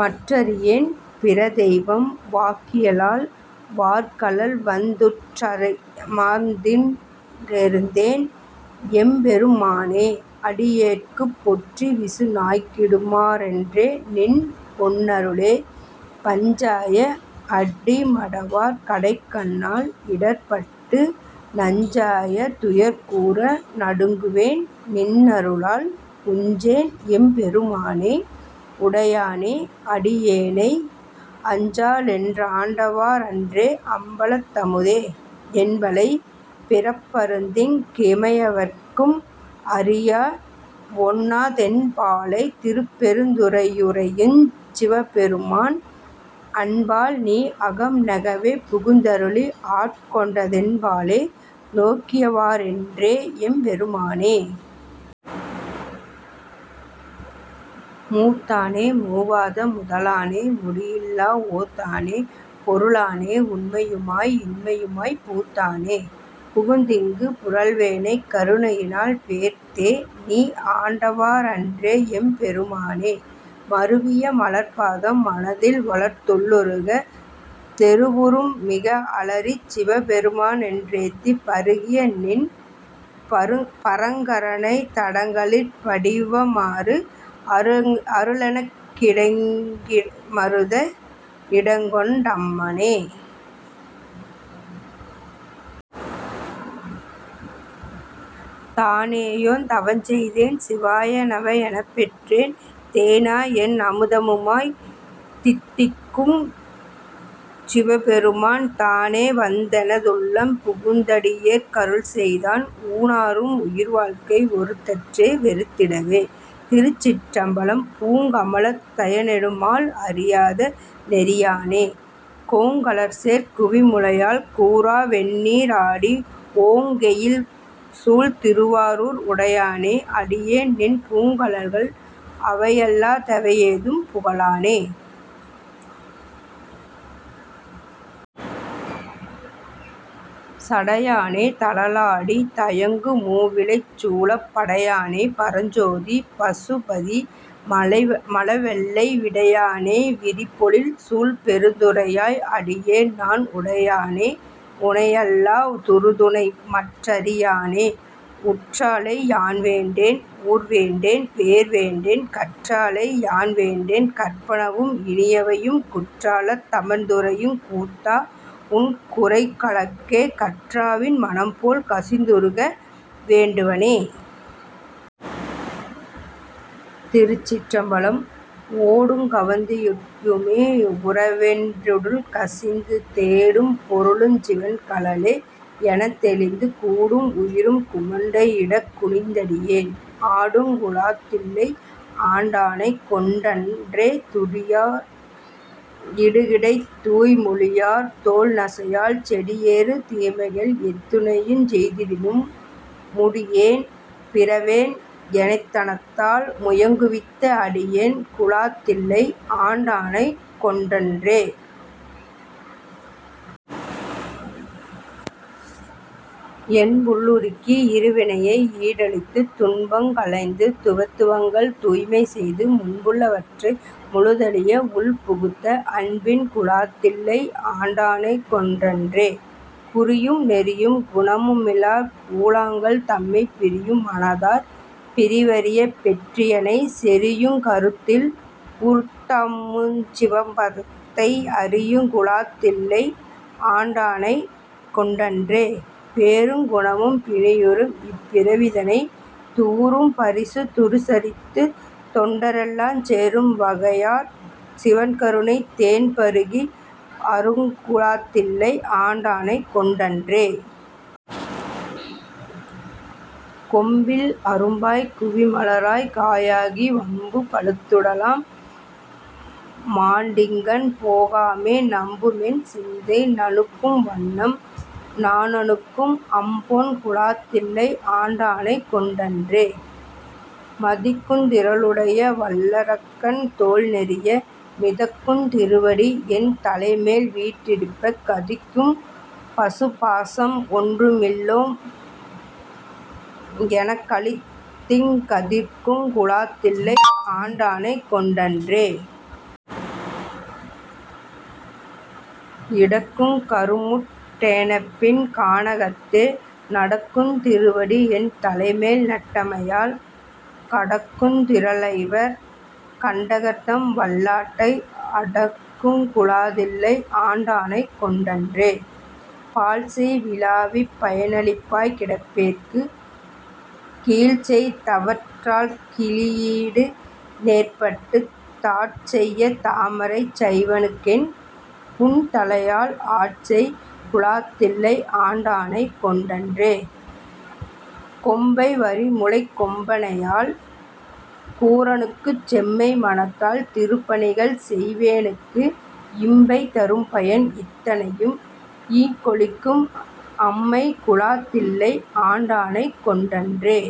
மற்றறியேன் பிறதெய்வம் வாக்கியலால் வார்கழல்வந் துற்றறிமாந் திருந்தேன்எம் பெருமானே அடியேற்குப் பொற்றிவிசு நாய்க்கிடுமா றன்றேநின் பொன்னருளே. பஞ்சாய அடிமடவார் கடைக்கண்ணால் இடர்ப்பட்டு நஞ்சாய துயர்கூர நடுங்குவேன் நின்னருளால் உய்ஞ்சேன் எம் பெருமானே உடையானே அடியேனை அஞ்சேலென் றாண்டவா றன்றேஅம் பலத்தமுதே. என்பலைப் பிறப்பறுத்திங் கிமையவர்க் கும் அறியவொண்ணா தென்பாலைத் திருப்பெருந் துறையுறையஞ் சிவபெருமான் அன்பால்நீ அகம்நெகவே புகுந்தருளி ஆட்கொண்ட தென்பாலே நோக்கியவா றன்றேஎம் பெருமானே. மூத்தானே மூவாத முதலானே முடியில்லா ஓத்தானே பொருளானே உண்மையுமாய் இன்மையுமாய்ப் பூத்தானே புகுந்திங்குப் புரள்வேனைக் கருணையினால் பேர்த்தேநீ ஆண்டவா றன்றேஎம் பெருமானே. மருவினிய மலர்ப்பாதம் மனத்தில்வளர்ந் துள்ளுருகத் தெருவுதொறும் மிக அலறிச் சிவபெருமா னென்றேத்திப் பருகியநின் பரங்கருணைத் தடங்கலிற் படிவாமாறு அருளெனக்கிங் கிடைமருதே இடங்கொண்ட அம்மானே. நானேயோ தவஞ் செய்தேன் சிவாயநம எனப்பெற்றேன் தேனாய்என் அமுதமுமாய்த் தித்திக்குஞ் சிவபெருமான் தானேவந் தெனதுள்ளம் புகுந்தடியேற் கருள்செய்தான் ஊனாரும் உயிர்வாழ்க்கை ஒறுத்தன்றே வெறுத்திடவே. திருச்சிற்றம்பலம் பூங்கமலத் தயனெடுமால் அறியாத நெறியானே கோங்கலர்சேர் குவிமுலையாள் கூறாவெண் ணீறாடி ஓங்கெயில்சூழ் திருவாரூர் உடையானே அடியேன்நின் பூங்கழல்கள் அவையல்லா தெவையாதும் புகழேனே. சடையானே தழலாடீ தயங்குமூ விலைச்சூலப் படையானே பரஞ்சோதீ பசுபதீ மழவெள்ளை விடையானே விரிபொழில்சூழ் பெருந்துறையாய் அடியேன்நான் உடையானே உனையல்லா துறுதுணை மற் றறியேனே. உற்றாறை யான்வேண்டேன் ஊர்வேண்டேன் பேர்வேண்டேன் கற்றாறை யான்வேண்டேன் கற்பனவும் இனியமையும் குற்றாலத் தமர்ந்துறையுங் கூத்தாஉன் குரைகழற்கே கற்றாவின் மனம்போலக் கசிந்துருக வேண்டுவனே. திருச்சிற்றம்பலம் ஓடுங் கவந்தியுமே உறவென்றிட் டுள்கசிந்து தேடும் பொருளுஞ் சிவன்கழலே எனத்தெளிந்து கூடும் உயிரும் குமண்டையிடக் குனித்தடியேன் ஆடுங் குலாத்தில்லை ஆண்டானைக் கொண்டன்றே. துடியோர் இடுகிடைத் தூய்மொழியார் தோள்நசையால் செடியேறு தீமைகள் எத்தனையுஞ் செய்திடினும் முடியேன் பிறவேன் எனைத்தனதாள் முயங்குவித்த அடியேன் குலாத்தில்லை ஆண்டானைக் கொண்டன்றே. என்புள் ளுருக்கி இருவினையை ஈடழித்துத் துன்பங் களைந்து துவந்துவங்கள் தூய்மைசெய்து முன்புள்ள வற்றை முழுதழிய உள்புகுத்த அன்பின் குலாத்தில்லை ஆண்டானைக் கொண்டன்றே. குறியும் நெறியும் குணமுமிலார் குழாங்கள்தமைப் பிரியும் மனத்தார் பிரிவரிய பெற்றியனைச் செறியுங் கருத்தில் உருத்தமுதாஞ் சிவபதத்தை அறியுங் குலாத்தில்லை ஆண்டானைக் கொண்டன்றே. பேருங் குணமும் பிணிப்புறும்இப் பிறவிதனைத் தூரும் பரிசு துரிசறுத்துத் தொண்ட ரெல்லாஞ் சேரும் வகையாற் சிவன்கருணைத் தேன்பருகி ஆருங் குலாத்தில்லை ஆண்டானைக் கொண்டன்றே. கொம்பில் அரும்பாய்க் குவிமலராய்க் காயாகி வம்பு பழுத்துடலம் மாண்டிங்ஙன் போகாமே நம்புமென் சிந்தை நணுகும்வண்ணம் நானணுகும் அம்பொன் குலாத்தில்லை ஆண்டானைக் கொண்டன்றே. மதிக்குந் திறலுடைய வல்லரக்கன் தோள்நெரிய மிதிக்குந் திருவடி என் தலைமேல் வீற்றிருப்பக் கதிக்கும் பசுபாசம் ஒன்றுமிலோம் எனக்களித்திங் கதிர்க்குங் குலாத்தில்லை ஆண்டானைக் கொண்டன்றே. இடக்குங் கருமுருட் டேனப்பின் கானகத்தே நடக்குந் திருவடி என்தலைமேல் நட்டமையால் கடக்குந் திறல்ஐவர் கண்டகர்தம் வல்லாட்டை அடக்குங் குலாத்தில்லை ஆண்டானைக் கொண்டன்றே. பாழ்ச்செய் விளாவிப் பயனிலியாய்க் கிடப்பேற்குக் கீழ்ச்செய் தவத்தாற் கிழியீடு நேர்பட்டுத் தாட்செய்ய தாமரைச் சைவனுக்கென் புன்தலையால் ஆட்செய் குலாத்தில்லை ஆண்டானைக் கொண்டன்றே. கொம்மை வரிமுலைக் கொம்பனையாள் கூறனுக்குச் செம்மை மனத்தால் திருப்பணிகள் செய்வேனுக்கு இம்பை தரும்பயன் இத்தனையும் ஈங்கொழிக்கும் அம்மை குலாத்தில்லை ஆண்டானைக் கொண்டன்றே.